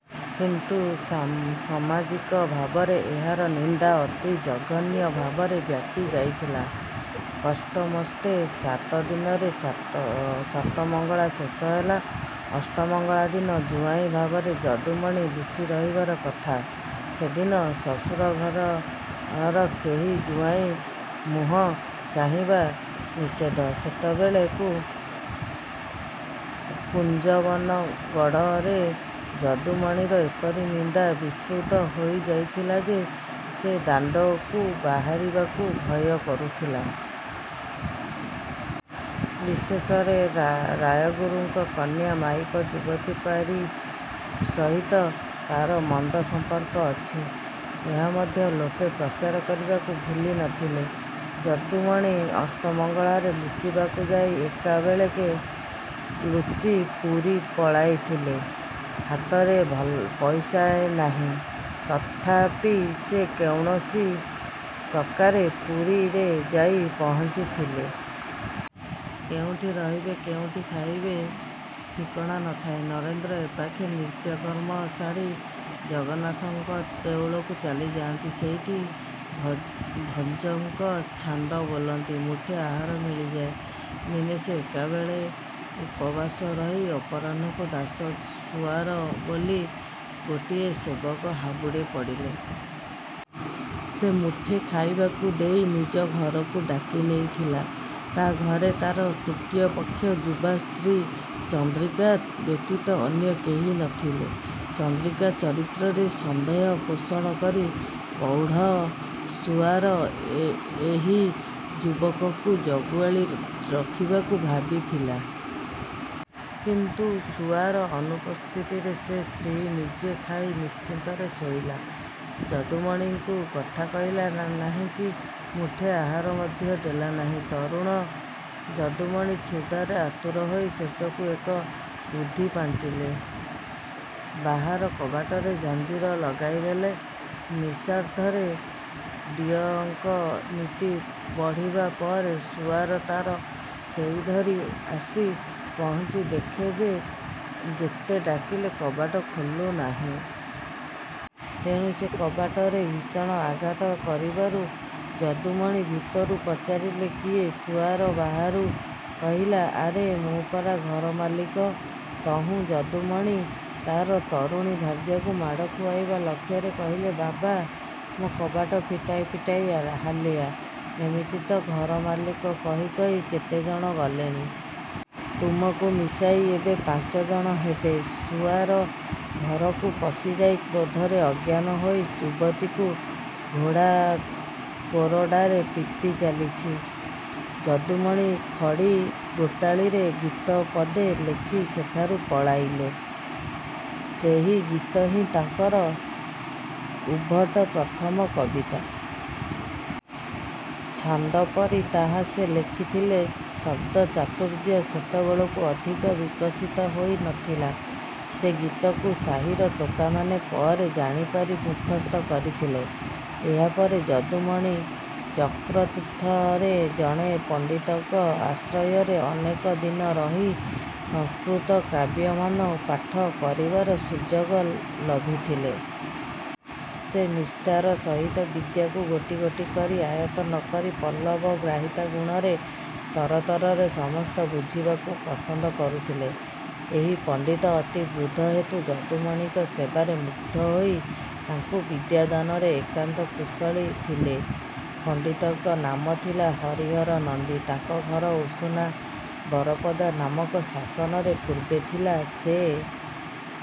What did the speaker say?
କିନ୍ତୁ ସମାଜିକ ଭାବରେ ଏହାର ନିନ୍ଦା ଅତି ଜଘନ୍ୟ ଭାବରେ ବ୍ୟାପି ଯାଇଥିଲା। କଷ୍ଟୋମଷ୍ଟେ ସାତଦିନରେ ସାତମଙ୍ଗଳା ଶେଷ ହେଲା। ଅଷ୍ଟମଙ୍ଗଳା ଦିନ ଜୁଆଇଁ ଭାବରେ ଯଦୁମଣି ଲୁଚି ରହିବାର କଥା। ସେଦିନ ଶ୍ୱଶୁର ଘରର କେହି ଜୁଆଇଁ ମୁହ ଚାହିଁବା ନିଷେଧ। ସେତେବେଳକୁ କୁଞ୍ଜବନ ଗଡ଼ରେ ଯଦୁମଣିର ଏପରି ନିନ୍ଦା ବିସ୍ତୃତ ହୋଇ ଯାଇଥିଲା ଯେ ସେ ଦାଣ୍ଡକୁ ବାହାରିବାକୁ ଭୟ କରୁଥିଲା। ବିଶେଷରେ ରାୟଗୁରୁଙ୍କ କନ୍ୟା-ମାଇପ ଯୁବତୀ ପାରି ସହିତ ତା'ର ମନ୍ଦ ସଂପର୍କ ଅଛି, ଏହା ମଧ୍ୟ ଲୋକେ ପ୍ରଚାର କରିବାକୁ ଭୁଲି ନ ଥିଲେ। ଯଦୁମଣି ଅଷ୍ଟମଙ୍ଗଳାରେ ଲୁଚିବାକୁ ଯାଇ ଏକାବେଳେକେ ଲୁଚି ପୁରୀ ପଳାଇଥିଲେ। ହାତରେ ପଇସାଏ ନାହିଁ। ତଥାପି ସେ କୌଣସି ପ୍ରକାରେ ପୁରୀରେ ଯାଇ ପହଞ୍ଚିଥିଲେ-। କେଉଁଠି ରହିବେ, କେଉଁଠି ଖାଇବେ, ଠିକଣା ନ ଥାଏ। ନରେନ୍ଦ୍ର ଏ ପାଖେ ନିତ୍ୟକର୍ମ ସାରି ଜଗନ୍ନାଥଙ୍କ ଦେଉଳକୁ ଚାଲିଯାଆନ୍ତି। ସେଇଠି ଭଞ୍ଜଙ୍କ ଛାନ୍ଦ ବୋଲନ୍ତି। ମୁଠେ ଆହାର ମିଳିଯାଏ-। ଦିନେ ସେ ଏକାବେଳେ ଉପବାସ ରହି ଅପରାହ୍ନକୁ ଦାସ ସୁଆର ବୋଲି ଗୋଟିଏ ସେବକ ହାବୁଡ଼େ ପଡ଼ିଲେ। ସେ ମୁଠେ ଖାଇବାକୁ ଦେଇ ନିଜ ଘରକୁ ଡାକି ନେଇଥିଲା-। ତା ଘରେ ତାର ତୃତୀୟ ପକ୍ଷ ଯୁବା ସ୍ତ୍ରୀ ଚନ୍ଦ୍ରିକା ବ୍ୟତୀତ ଅନ୍ୟ କେହି ନ ଥିଲେ। ଚନ୍ଦ୍ରିକା ଚରିତ୍ରରେ ସନ୍ଦେହ ପୋଷଣ କରି ପୌଢ଼ ସୁଆର ଏହି ଯୁବକକୁ ଜଗୁଆଳୀ ରଖିବାକୁ ଭାବିଥିଲା। କିନ୍ତୁ ସୁଆର ଅନୁପସ୍ଥିତିରେ ସେ ସ୍ତ୍ରୀ ନିଜେ ଖାଇ ନିଶ୍ଚିନ୍ତରେ ଶୋଇଲା। ଯଦୁମଣିଙ୍କୁ କଥା କହିଲା ନାହିଁକି ମୁଠେ ଆହାର ମଧ୍ୟ ଦେଲା ନାହିଁ। ତରୁଣ ଯଦୁମଣି କ୍ଷୁଧାରେ ଆତୁର ହୋଇ ଶେଷକୁ ଏକ ବୁଦ୍ଧି ପାଞ୍ଚିଲେ। ବାହାର କବାଟରେ ଝଞ୍ଜିର ଲଗାଇଦେଲେ। ନିଶାର୍ଦ୍ଧରେ ଦିଅଙ୍କ ନୀତି ବଢ଼ିବା ପରେ ସୁଆର ତାର ଖେଇଧରି ଆସି ପହଞ୍ଚି ଦେଖେ ଯେ ଯେତେ ଡାକିଲେ କବାଟ ଖୋଲୁ ନାହିଁ। ତେଣୁ ସେ କବାଟରେ ଭୀଷଣ ଆଘାତ କରିବାରୁ ଯଦୁମଣି ଭିତରୁ ପଚାରିଲେ-'କିଏ? ' ସୁଆର ବାହାରୁ କହିଲା-ଆରେ, ମୁଁ ପରା ଘର ମାଲିକ। ତହୁଁ ଯଦୁମଣି ତାର ତରୁଣୀ ଭାର୍ଯ୍ୟାକୁ ମାଡ଼ ଖୁଆଇବା ଲକ୍ଷ୍ୟରେ କହିଲେ-'ବାବା! ମୁଁ କବାଟ ଫିଟାଇ ଫିଟାଇ ହାଲିଆ। ଏମିତି ତ ଘର ମାଲିକ କହି କହି କେତେ ଜଣ ଗଲେଣି-। ତୁମକୁ ମିଶାଇ ଏବେ ପାଞ୍ଚ ଜଣ ହେବେ-। ' ସୁଆର ଘରକୁ ପଶିଯାଇ କ୍ରୋଧରେ ଅଜ୍ଞାନ ହୋଇ ଯୁବତୀକୁ ଘୋଡ଼ା କୋରଡ଼ାରେ ପିଟି ଚାଲିଛି। ଯଦୁମଣି ଖଡ଼ି ଗୋଟାଳିରେ ଗୀତ ପଦେ ଲେଖି ସେଠାରୁ ପଳାଇଲେ। ସେହି ଗୀତ ହିଁ ତାଙ୍କର ଉଦ୍ଭଟ ପ୍ରଥମ କବିତା। ଛାନ୍ଦପରି ତାହା ସେ ଲେଖିଥିଲେ। ଶବ୍ଦଚାତୁର୍ଯ୍ୟ ସେତେବେଳକୁ ଅଧିକ ବିକଶିତ ହୋଇ ନ ଥିଲା। ସେ ଗୀତକୁ ସାହିର ଟୋକାମାନେ ପରେ ଜାଣିପାରି ମୁଖସ୍ଥ କରିଥିଲେ। ଏହାପରେ ଯଦୁମଣି ଚକ୍ରତୀର୍ଥରେ ଜଣେ ପଣ୍ଡିତଙ୍କ ଆଶ୍ରୟରେ ଅନେକ ଦିନ ରହି ସଂସ୍କୃତ କାବ୍ୟମାନ ପାଠ କରିବାର ସୁଯୋଗ ଲଭିଥିଲେ। ସେ ନିଷ୍ଠାର ସହିତ ବିଦ୍ୟାକୁ ଗୋଟି ଗୋଟି କରି ଆୟତ୍ତ ନ କରି ପଲ୍ଲବଗ୍ରାହିତା ଗୁଣରେ ତରତରରେ ସମସ୍ତ ବୁଝିବାକୁ ପସନ୍ଦ କରୁଥିଲେ। ଏହି ପଣ୍ଡିତ ଅତି ବୃଦ୍ଧ ହେତୁ ଯଦୁମଣିଙ୍କ ସେବାରେ ମୁଗ୍ଧ ହୋଇ ତାଙ୍କୁ ବିଦ୍ୟାଦାନରେ ଏକାନ୍ତ କୁଶଳୀ ଥିଲେ। ପଣ୍ତିତଙ୍କ ନାମ ଥିଲା ହରିହର ନନ୍ଦ। ତାଙ୍କ ଘର ଉଷୁନା ବରପଦା ନାମକ ଶାସନରେ ପୁର୍ବେ ଥିଲା। ସେ